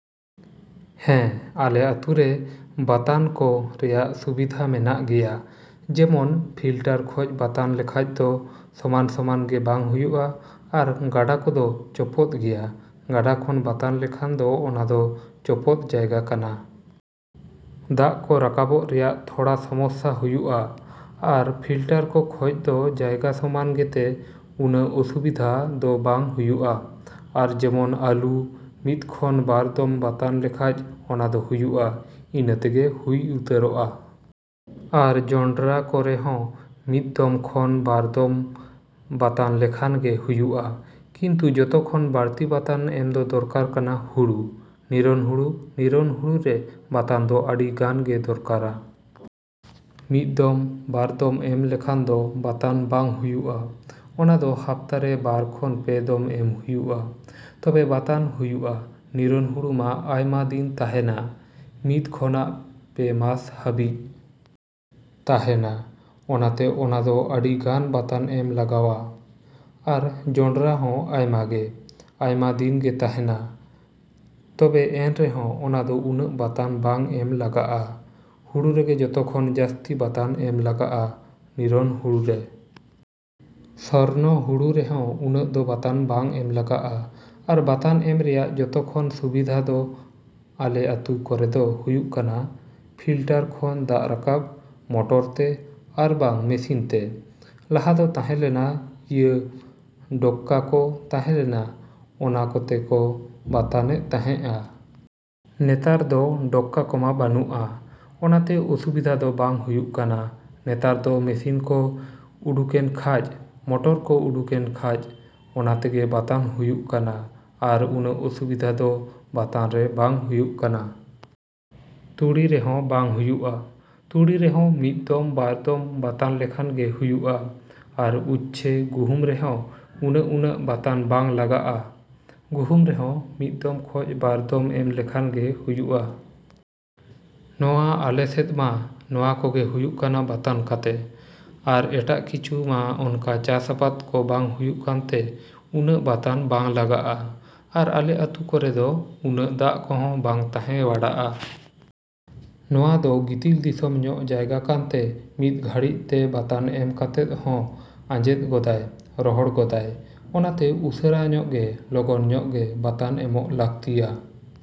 ᱦᱮᱸ, ᱟᱞᱮ ᱟᱹᱛᱩᱨᱮ ᱵᱟᱛᱟᱱ ᱠᱚ ᱨᱮᱭᱟᱜ ᱥᱩᱵᱤᱫᱷᱟ ᱢᱮᱱᱟᱜ ᱜᱮᱭᱟ᱾ ᱡᱮᱢᱚᱱ ᱯᱷᱤᱞᱴᱟᱨ ᱠᱷᱚᱡ ᱵᱟᱛᱟᱱ ᱞᱮᱠᱷᱟᱡ ᱫᱚ ᱥᱚᱢᱟᱱᱼᱥᱚᱢᱟᱱ ᱜᱮ ᱵᱟᱝ ᱦᱩᱭᱩᱜᱼᱟ᱾ ᱟᱨ ᱜᱟᱰᱟ ᱠᱚᱫᱚ ᱪᱚᱯᱚᱫ ᱜᱮᱭᱟ᱾ ᱜᱟᱰᱟ ᱠᱷᱚᱱ ᱵᱟᱛᱟᱱ ᱞᱮᱠᱷᱟᱱ ᱫᱚ ᱚᱱᱟᱫᱚ ᱪᱚᱯᱚᱫ ᱡᱟᱭᱜᱟ ᱠᱟᱱᱟ᱾ ᱫᱟᱜ ᱠᱚ ᱨᱟᱠᱟᱵᱚᱜ ᱨᱮᱭᱟᱜ ᱛᱷᱚᱲᱟ ᱥᱚᱢᱚᱥᱥᱟ ᱦᱩᱭᱩᱜᱼᱟ᱾ ᱟᱨ ᱯᱷᱤᱞᱴᱟᱨ ᱠᱚ ᱠᱷᱚᱡ ᱫᱚ ᱡᱟᱭᱜᱟ ᱥᱚᱢᱟᱱ ᱜᱮᱛᱮ ᱩᱱᱟᱹᱜ ᱚᱥᱩᱵᱤᱫᱷᱟ ᱫᱚ ᱵᱟᱝ ᱦᱩᱭᱩᱜᱼᱟ᱾ ᱟᱨ ᱡᱮᱢᱚᱱ ᱟᱹᱞᱩ ,ᱢᱤᱫ ᱠᱷᱚᱱ ᱵᱟᱨ ᱫᱚᱢ ᱵᱟᱛᱟᱱ ᱞᱮᱠᱷᱟᱡ ᱚᱱᱟᱫᱚ ᱦᱩᱭᱩᱜᱼᱟ, ᱤᱱᱟᱹ ᱛᱮᱜᱮ ᱦᱩᱭ ᱩᱛᱟᱹᱨᱚᱜᱼᱟ᱾ ᱟᱨ ᱡᱚᱱᱰᱨᱟ ᱠᱚᱨᱮ ᱦᱚᱸ ᱢᱤᱫ ᱫᱚᱢ ᱠᱷᱚᱱ ᱵᱟᱨ ᱫᱚᱢ ᱵᱟᱛᱟᱱ ᱞᱮᱠᱷᱟᱱ ᱜᱮ ᱦᱩᱭᱩᱜᱼᱟ᱾ ᱠᱤᱱᱛᱩ ᱡᱚᱛᱚ ᱠᱷᱚᱱ ᱵᱟᱹᱲᱛᱤ ᱵᱟᱛᱟᱱ ᱮᱢ ᱫᱚ ᱫᱚᱨᱠᱟᱨ ᱠᱟᱱᱟ ᱦᱩᱲᱩ᱾ ᱱᱤᱨᱚᱱ ᱦᱩᱲᱩ, ᱱᱤᱨᱚᱱ ᱦᱩᱲᱩᱨᱮ ᱵᱟᱛᱟᱱ ᱫᱚ ᱟᱹᱰᱤ ᱜᱟᱱ ᱜᱮ ᱫᱚᱨᱠᱟᱨᱟ᱾ ᱢᱤᱫ ᱫᱚᱢ, ᱵᱟᱨ ᱫᱚᱢ ᱮᱢ ᱞᱮᱠᱷᱟᱱ ᱫᱚ ᱵᱟᱛᱟᱱ ᱵᱟᱝ ᱦᱩᱭᱩᱜᱼᱟ᱾ ᱚᱱᱟᱫᱚ ᱦᱟᱯᱛᱟ ᱨᱮ ᱵᱟᱨ ᱠᱷᱚᱱ ᱯᱮ ᱫᱚᱢ ᱮᱢ ᱦᱩᱭᱩᱜᱼᱟ, ᱛᱚᱵᱮ ᱵᱟᱛᱟᱱ ᱦᱩᱭᱩᱜᱼᱟ᱾ ᱱᱤᱨᱚᱱ ᱦᱩᱲᱩ ᱢᱟ ᱟᱭᱢᱟ ᱫᱤᱱ ᱛᱟᱦᱮᱱᱟ᱾ ᱢᱤᱫ ᱠᱷᱚᱱᱟᱜ ᱯᱮ ᱢᱟᱥ ᱦᱟ.ᱵᱤᱡ ᱛᱟᱦᱮᱱᱟ᱾ ᱚᱱᱟᱛᱮ ᱚᱱᱟᱫᱚ ᱟᱹᱰᱤ ᱜᱟᱱ ᱵᱟᱛᱟᱱ ᱮᱢ ᱞᱟᱜᱟᱣᱟ᱾ ᱟᱨ ᱡᱚᱱᱰᱨᱟ ᱦᱚᱸ ᱟᱭᱢᱟ ᱜᱮ, ᱟᱭᱢᱟ ᱫᱤᱱ ᱜᱮ ᱛᱟᱦᱮᱱᱟ᱾ ᱛᱚᱵᱮ ᱮᱱ ᱨᱮᱦᱚᱸ ᱚᱱᱟᱫᱚ ᱩᱱᱟᱹᱜ ᱵᱟᱛᱟᱱ ᱵᱟᱝ ᱮᱢ ᱞᱟᱜᱟᱜᱼᱟ᱾ ᱦᱩᱲᱩ ᱨᱮᱜᱮ ᱡᱚᱛᱚ ᱠᱷᱚᱱ ᱡᱟᱹᱥᱛᱤ ᱵᱟᱛᱟᱱ ᱮᱢ ᱞᱟᱜᱟᱜᱼᱟ, ᱱᱤᱨᱚᱱ ᱦᱩᱲᱩᱨᱮ᱾ ᱥᱚᱨᱱᱚ ᱦᱩᱲᱩ ᱨᱮᱦᱚᱸ ᱩᱱᱟᱹᱜ ᱫᱚ ᱵᱟᱛᱟᱱ ᱵᱟᱝ ᱮᱢ ᱞᱟᱜᱟᱜᱼᱟ᱾ ᱟᱨ ᱵᱟᱛᱟᱱ ᱮᱢ ᱨᱮᱭᱟᱜ ᱡᱚᱛᱚ ᱠᱷᱚᱱ ᱥᱩᱵᱤᱫᱷᱟ ᱫᱚ ᱟᱞᱮ ᱟᱹᱛᱩ ᱠᱚᱨᱮᱫᱚ ᱦᱩᱭᱩᱜ ᱠᱟᱱᱟ᱾ ᱯᱷᱤᱞᱴᱟᱨ ᱠᱷᱚᱱ ᱫᱟᱜ ᱨᱟᱠᱟᱵᱽ, ᱢᱚᱴᱚᱨ ᱛᱮ, ᱟᱨ ᱵᱟᱝ ᱢᱮᱥᱤᱱ ᱛᱮ᱾ ᱞᱟᱦᱟ ᱫᱚ ᱛᱟᱦᱮᱸ ᱞᱮᱱᱟ ᱤᱭᱟᱹ ᱰᱚᱠᱠᱟ ᱠᱚ, ᱛᱟᱦᱮᱸ ᱞᱮᱱᱟ, ᱚᱱᱟ ᱠᱚᱛᱮ ᱠᱚ ᱵᱟᱛᱟᱱᱮᱜ ᱛᱟᱦᱮᱸᱜᱼᱟ᱾ ᱱᱮᱛᱟᱨ ᱫᱚ ᱰᱚᱠᱠᱟ ᱠᱚᱢᱟ ᱵᱟᱹᱱᱩᱜᱼᱟ, ᱚᱱᱟᱛᱮ ᱚᱥᱩᱵᱤᱫᱷᱟ ᱫᱚ ᱵᱟᱝ ᱦᱩᱭᱩᱜ ᱠᱟᱱᱟ᱾ ᱱᱮᱛᱟᱨ ᱫᱚ ᱢᱮᱥᱤᱱ ᱠᱚ ᱩᱰᱩᱠᱮᱱ ᱠᱷᱟᱡ, ᱢᱚᱴᱚᱨ ᱠᱚ ᱩᱰᱩᱠᱮᱱ ᱠᱷᱟᱡ ᱚᱱᱟᱛᱮᱜᱮ ᱵᱟᱛᱟᱱ ᱦᱩᱭᱩᱜ ᱠᱟᱱᱟ᱾ ᱟᱨ ᱩᱱᱟᱹᱜ ᱚᱥᱩᱵᱤᱫᱷᱟ ᱫᱚ ᱵᱟᱛᱟᱱᱨᱮ ᱵᱟᱝ ᱦᱩᱭᱩᱜ ᱠᱟᱱᱟ᱾ ᱛᱩᱲᱤ ᱨᱮᱦᱚᱸ ᱵᱟᱝ ᱦᱩᱭᱩᱜᱼᱟ᱾ ᱛᱩᱲᱤ ᱨᱮᱦᱚᱸ ᱢᱤᱫ ᱫᱚᱢ, ᱵᱟᱨ ᱫᱚᱢ ᱵᱟᱛᱟᱱ ᱞᱮᱠᱷᱟᱱ ᱜᱮ ᱦᱩᱭᱩᱜᱼᱟ᱾ ᱟᱨ ᱩᱪᱪᱷᱮ, ᱜᱩᱦᱩᱢ ᱨᱮᱦᱚᱸ ᱩᱱᱟᱹᱜᱼᱩᱱᱟᱹᱜ ᱵᱟᱛᱟᱱ ᱵᱟᱝ ᱞᱟᱜᱟᱜᱼᱟ᱾ ᱜᱩᱦᱩᱢ ᱨᱮᱦᱚᱸ ᱢᱤᱫ ᱫᱚᱢ ᱠᱷᱚᱡ ᱵᱟᱨ ᱫᱚᱢ ᱮᱢ ᱞᱮᱠᱷᱟᱱ ᱜᱮ ᱦᱩᱭᱩᱜᱼᱟ᱾ ᱱᱚᱣᱟ ᱟᱞᱮ ᱥᱮᱫ ᱢᱟ ᱱᱚᱣᱟ ᱠᱚᱜᱮ ᱦᱩᱭᱩᱜ ᱠᱟᱱᱟ ᱵᱟᱛᱟᱱ ᱠᱟᱛᱮ᱾ ᱟᱨ ᱮᱴᱟᱜ ᱠᱤᱪᱷᱩ ᱢᱟ ᱚᱱᱠᱟ ᱪᱟᱥ ᱟᱵᱟᱫ ᱠᱚ ᱵᱟᱝ ᱦᱩᱭᱩᱜ ᱠᱟᱱᱛᱮ ᱩᱱᱟᱹᱜ ᱵᱟᱛᱟᱱ ᱵᱟᱝ ᱞᱟᱜᱟᱜᱼᱟ ᱾ ᱟᱨ ᱟᱞᱮ ᱟᱹᱛᱩ ᱠᱚᱨᱮ ᱫᱚ ᱩᱱᱟᱹᱜ ᱫᱟᱜ ᱠᱚᱦᱚᱸ ᱵᱟᱝ ᱛᱟᱦᱮᱸ ᱵᱟᱲᱟᱜᱼᱟ᱾ ᱱᱚᱣᱟ ᱫᱚ ᱜᱤᱛᱤᱞ ᱫᱤᱥᱚᱢ ᱧᱚᱜ ᱡᱟᱭᱜᱟ ᱠᱟᱱᱛᱮ ᱢᱤᱫ ᱜᱷᱟᱹᱲᱤᱡ ᱛᱮ ᱵᱟᱛᱟᱱ ᱮᱢ ᱠᱟᱛᱮᱫ ᱦᱚᱸ ᱟᱸᱡᱮᱫ ᱜᱚᱫᱟᱭ, ᱨᱚᱦᱚᱲ ᱜᱚᱫᱟᱭ᱾ ᱚᱱᱟᱛᱮ ᱩᱥᱟᱹᱨᱟ ᱧᱚᱜ ᱜᱮ, ᱞᱚᱜᱚᱱ ᱧᱚᱜ ᱜᱮ ᱵᱟᱛᱟᱱ ᱮᱢᱚᱜ ᱞᱟᱹᱠᱛᱤᱭᱟ